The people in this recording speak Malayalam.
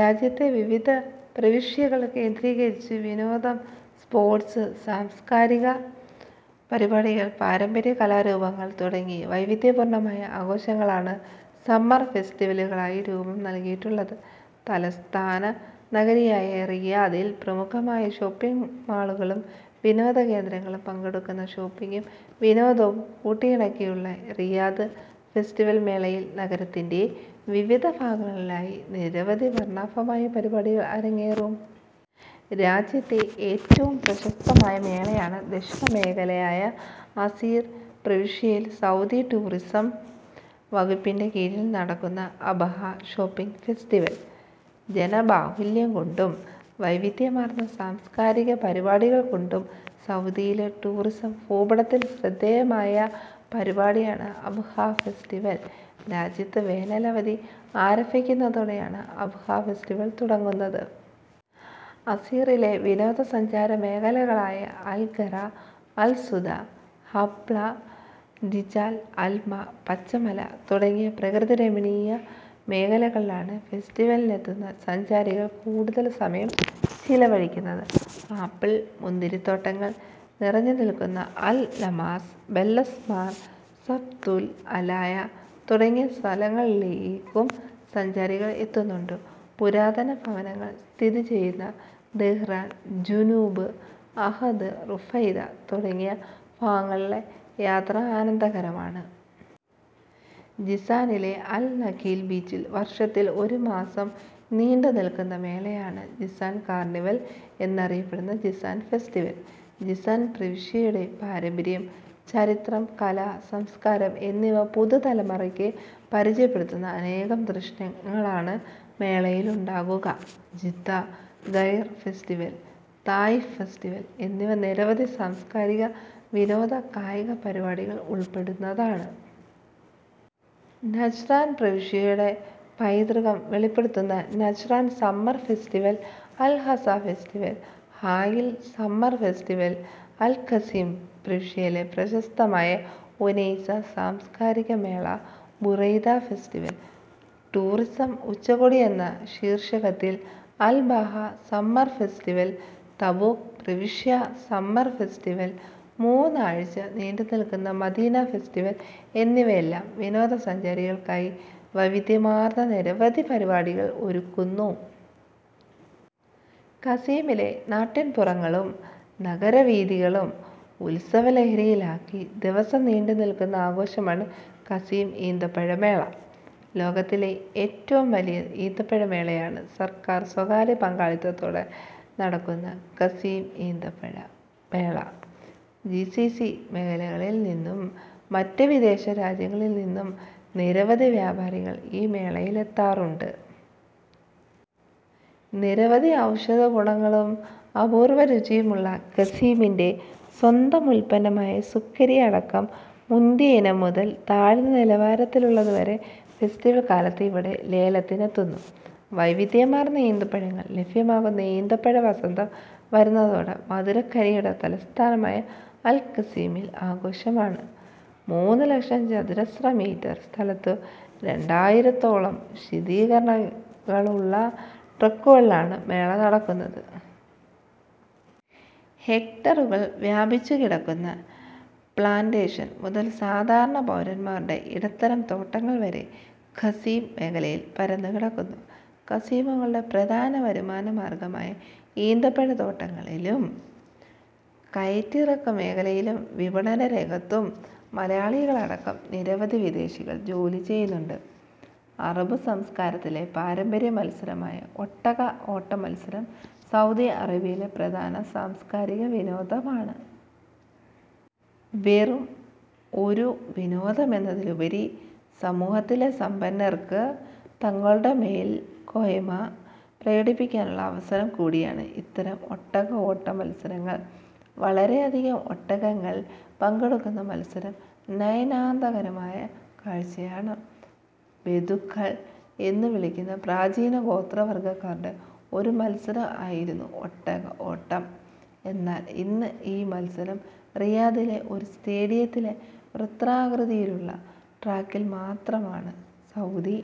രാജ്യത്തെ വിവിധ പ്രവിശ്യകൾ കേന്ദ്രീകരിച്ച് വിനോദം, സ്പോർട്സ്, സാംസ്കാരിക പരിപാടികൾ, പാരമ്പര്യ കലാരൂപങ്ങൾ തുടങ്ങി വൈവിധ്യപൂർണമായ ആഘോഷങ്ങളാണ് സമ്മർ ഫെസ്റ്റിവലുകളായി രുപം നൽകിയിട്ടുള്ളത്. തലസ്ഥാന നഗരിയായ റിയാദിൽ പ്രമുഖമായ ഷോപ്പിങ് മാളുകളും വിനോദ കേന്ദ്രങ്ങളും പങ്കെടുക്കുന്ന ഷോപ്പിംഗും വിനോദവും കൂട്ടിയിണക്കിയുള്ള റിയാദ് ഫെസ്റ്റിവൽ മേളയിൽ നഗരത്തിന്റെ വിവിധ ഭാഗങ്ങളിലായി നിരവധി വർണാഭമായ പരിപാടികൾ അരങ്ങേറും. രാജ്യത്തെ ഏറ്റവും പ്രശസ്തമായ മേളയാണ് ദക്ഷിണ മേഖലയായ അസീർ പ്രവിശ്യയിൽ സൗദി ടൂറിസം വകുപ്പിന്റെ കീഴിൽ നടക്കുന്ന അബഹ ഷോപ്പിങ് ഫെസ്റ്റിവിൽ. ജനബാഹുല്യം കൊണ്ടും വൈവിധ്യമാർന്ന സാംസ്കാരിക പരിപാടികൾ കൊണ്ടും സൗദിയിലെ ടൂറിസം ഭൂപടത്തിൽ ശ്രദ്ധേയമായ പരിപാടിയാണ് അബ്ഹ ഫെസ്റ്റിവൽ. രാജ്യത്ത് വേനൽ അവധി ആരംഭിക്കന്നതോടെയാണ് അബ്ഹ ഫെസ്റ്റിവൽ തുടങ്ങുന്നത്. അസീറിലെ വിനോദ സഞ്ചാരമേഖലകളായ അൽഗറ, അൽസുദ, ഹബ്ല, രിജാൽ അൽമ, പച്ചമല തുടങ്ങിയ പ്രകൃതിരമണിയ മേഖലകളിലാണ് ഫെസ്റ്റിവലിനെത്തുന്ന സഞ്ചാരികൾ കൂടുതൽ സമയം ചെലവഴിക്കുന്നത്. ആപ്പിൾ മുന്തിരിത്തോട്ടങ്ങൾ നിറഞ്ഞുനിൽക്കുന്ന അൽ നമാസ്, ബല്ലസ്മാർ, സബ്തുൽ അലായ തുടങ്ങിയ സ്ഥലങ്ങളിലേക്കും സഞ്ചാരികൾ എത്തുന്നുണ്ട്. പുരാതന ഭവനങ്ങൾ സ്ഥിതി ചെയ്യുന്ന ദഹ്റാൻ ജുനൂബ്, അഹദ് റുഫൈദ തുടങ്ങിയ ഭാഗങ്ങളിലെ യാത്ര ആനന്ദകരമാണ്. ജിസാനിലെ അൽ നഖീൽ ബീച്ചിൽ വർഷത്തിൽ ഒരു മാസം നീണ്ടുനിൽക്കുന്ന മേളയാണ് ജിസാൻ കാർണിവൽ എന്നറിയപ്പെടുന്ന ജിസാൻ ഫെസ്റ്റിവൽ. ജിസാൻ പ്രവിശ്യയുടെ പാരമ്പര്യം, ചരിത്രം, കല, സംസ്കാരം എന്നിവ പുതുതലമുറക്ക് പരിചയപ്പെടുത്തുന്ന അനേകം ദൃശ്യങ്ങളാണ് മേളയിലുണ്ടാകുക. ജിദ്ദ ഗൈർ ഫെസ്റ്റിവൽ, താഇഫ് ഫെസ്റ്റവിൽ എന്നിവ നിരവധി സാംസ്കാരിക, വിനോദ, കായിക പരിപാടികൾ ഉൾപ്പെടുന്നതാണ്. നജ്റാൻ പ്രവിശ്യയുടെ പൈതൃകം വെളിപ്പെടുത്തുന്ന Najran summer festival, Al Hasa festival, Hail summer festival, Al Qassim പ്രവിശ്യയിലെ പ്രശസ്തമായ ഉനൈസ സാംസ്കാരിക മേള, ബുറൈദ ഫെസ്റ്റിവൽ. ടൂറിസം ഉച്ചകോടി എന്ന ശീർഷകത്തിൽ Al Baha summer festival, Tabuk പ്രവിശ്യ സമ്മർ ഫെസ്റ്റിവൽ, മൂന്നാഴ്ച നീണ്ടുനിൽക്കുന്ന മദീന ഫെസ്റ്റിവൽ എന്നിവയെല്ലാം വിനോദസഞ്ചാരികൾക്കായി വൈവിദ്യമാർന്ന നിരവധി പരിപാടികൾ ഒരുക്കുന്നു. ഖസീമിലെ നാട്ടിൻപുറങ്ങളും നഗരവീഥികളും ഉൽസവലഹരിയിൽ ആക്കി ദിവസം നീണ്ടുനിൽക്കുന്ന ആഘോഷമാണ് ഖസീം ഈന്തപ്പഴ മേള. ലോകത്തിലെ ഏറ്റവും വലിയ ഈന്തപ്പഴ മേളയാണ് സർക്കാർ, സ്വകാര്യ പങ്കാളിത്തതോടെ നടക്കുന്ന ഖസീം ഈന്തപ്പഴ മേള. ജിസിസി മേഖലകളിൽ നിന്നും മറ്റു വിദേശ രാജ്യങ്ങിൽ നിന്നും നിരവധി വ്യാപാരികൾ ഈ മേളയിലെത്താറുണ്ട്. നിരവധി ഔഷധ ഗുണങ്ങളും അപൂർവ രുചിയുമുള്ള ഖസീമിന്റെ സ്വന്തം ഉൽപന്നമായ സുക്കരി അടക്കം മുന്തിയ ഇനം മുതൽ താഴ്ന്ന നിലവാരത്തിലുള്ളത് വരെ ഫെസ്റ്റിവൽ കാലത്ത് ഇവിടെ ലേലത്തിനെത്തുന്നു. വൈവിധ്യമാർന്ന ഈന്തപ്പഴങ്ങൾ ലഭ്യമാകുന്ന ഈന്തപ്പഴ വസന്തം വരുന്നതോടെ മധുരക്കനിയുടെ തലസ്ഥാനമായ അൽ-ഖസീമിൽ ആഘോഷമാണ്. മൂന്നു ലക്ഷം ചതുരശ്രമീറ്റർ സ്ഥലത്തു രണ്ടയിരത്തോളം ശീതീകരണികളുളള ട്രക്കുകളിലാണു മേള നടക്കുന്നത്. ഹെക്ടറുകൾ വ്യാപിച്ചുകിടക്കുന്ന പ്ലാന്റെഷൻ മുതൽ സാധാരണ പൗരൻമാരുടെ ഇടത്തരം തോട്ടങ്ങൾ വരെ ഖസീം മേഖലയിൽ പരന്നു കിടക്കുന്നു. ഖസീമികളുടെ പ്രധാന വരുമാന മാർഗ്ഗമായ ഈന്തപ്പഴ തോട്ടങ്ങളിലും കയറ്റിറക്ക് മേഖലയിലും വിപണന രംഗത്തും മലയാളികളടക്കം നിരവധി വിദേശികൾ ജോലി ചെയ്യുന്നുണ്ട്. അറബ് സംസ്കാരത്തിലെ പാരമ്പര്യ മൽസരമായ ഒട്ടക ഓട്ടമത്സരം സൗദി അറേബ്യയിലെ പ്രധാന സാംസ്കാരിക വിനോദമാണ്. വെറും ഒരു വിനോദമെന്നതിലുപരി സമൂഹത്തിലെ സമ്പന്നർക്ക് തങ്ങളുടെ മേൽക്കോയ്മ പ്രകടിപ്പിക്കാനുള്ള അവസരം കൂടിയാണ് ഇത്തരം ഒട്ടക ഓട്ട മത്സരങ്ങൾ. വളരെയധികം ഒട്ടകങ്ങൾ പങ്കെടുക്കുന്ന മത്സരം നയനാന്ദകരമായ കാഴ്ചയാണ്. ബെദുക്കൾ എന്നു വിളിക്കുന്ന പ്രാചീന ഗോത്രവർഗ്ഗക്കാരുടെ ഒരു മത്സരം ആയിരുന്നു ഒട്ടക ഓട്ടം. എന്നാൽ ഇന്ന് ഈ മത്സരം റിയാദിലെ ഒരു സ്റ്റേഡിയത്തിലെ വൃത്താകൃതിയിലുള്ള ട്രാക്കിൽ മാത്രമാണ്. സൗദി